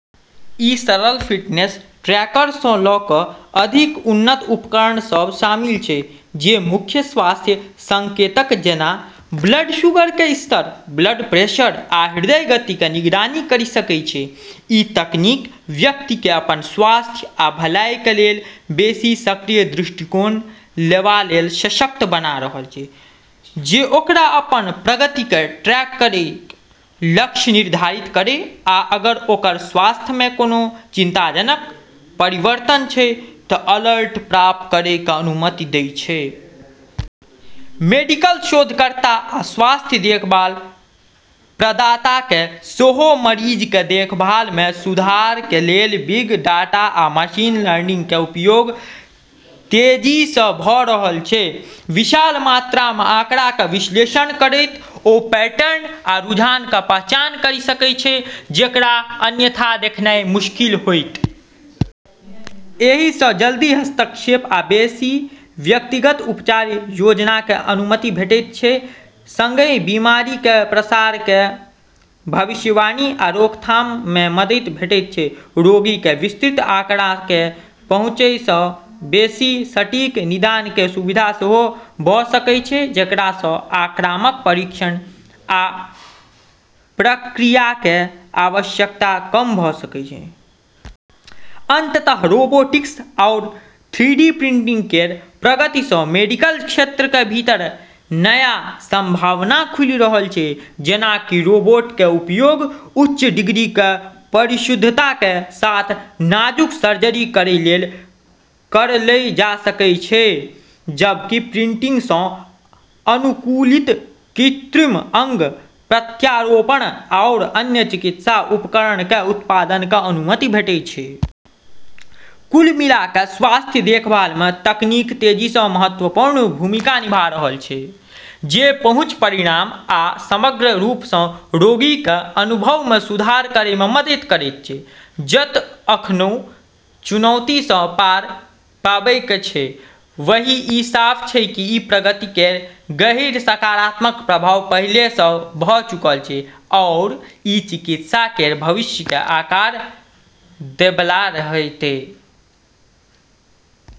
ई सरल फिटनेस ट्रैकरसँ ल' क' अधिक उन्नत उपकरण सब शामिल छै जे मुख्य स्वास्थ्य संकेतक जेना ब्लड शुगरके स्तर, ब्लड प्रेशर, आ हृदय गतिके निगरानी करि सकै छै । ई तकनीक व्यक्तिके अपन स्वास्थ्य आ भलाइके लेल बेशी सक्रिय दृष्टिकोण लेवा लेल सशक्त बना रहल छै, जे ओकरा अपन प्रगतिके ट्रैक करै, लक्ष्य निर्धारित करै आ अगर ओकर स्वास्थ्यमे कोनो चिंताजनक परिवर्तन छै त' अलर्ट प्राप्त करैके अनुमति दैत छै । मेडिकल शोधकर्ता आ स्वास्थ्य देखभाल प्रदाताके सेहो मरीजके देखभालमे सुधारके लेल बिग डाटा आ मशीन लर्निंगके उपयोग तेजीसँ भ' रहल छै । विशाल मात्रामे आंकड़ाकें विश्लेषण करैत ओ पैटर्न आ रुझानकें पहचान करि सके छै जेकरा अन्यथा देखनाइ मुश्किल होइत। एहिसँ जल्दी हस्तक्षेप आ बेसि व्यक्तिगत उपचार योजनाके अनुमति भेटैत छै, सङ्गहेँ बीमारिके प्रसारके भविष्यवाणी आ रोकथाममे मदद भेटैत छै । रोगीके विस्तृत आंकड़ाके पहुंचसँ बेशी सटीक निदानके सुविधा सेहो भ' सकै छै, जेकरासँ आक्रामक परीक्षण आ प्रक्रियाके आवश्यकता कम भ' सकै छै । अंततः रोबोटिक्स आओर थ्रीडी प्रिंटिंग केर प्रगतिसँ मेडिकल क्षेत्रके भीतर नया संभावना खुलि रहल छै। जेना कि रोबोटके उपयोग उच्च डिग्रीके परिशुद्धताके साथ नाजुक सर्जरी करै लेल करलौ जा सकै छै, जबकि प्रिंटिंगसँ अनुकूलित कृत्रिम अंग, प्रत्यारोपण आओर अन्य चिकित्सा उपकरणके उत्पादनके अनुमति भेटै छै। कुल मिलाके, स्वास्थ्य देखभालमे तकनीक तेजीसँ महत्वपूर्ण भूमिका निभा रहल छै, जे पहुंच, परिणाम, आ समग्र रूपसँ रोगीके अनुभवमे सुधार करैमे मदद करै छै । जतऽ अखनउ चुनौतीसँ पार पाबैके छै, वहीं ई साफ छै कि ई प्रगति केर गहीँर सकारात्मक प्रभाव पहिलेसँ भ' चुकल छै आओर ई चिकित्सा केर भविष्यके आकार दैबला रहतै।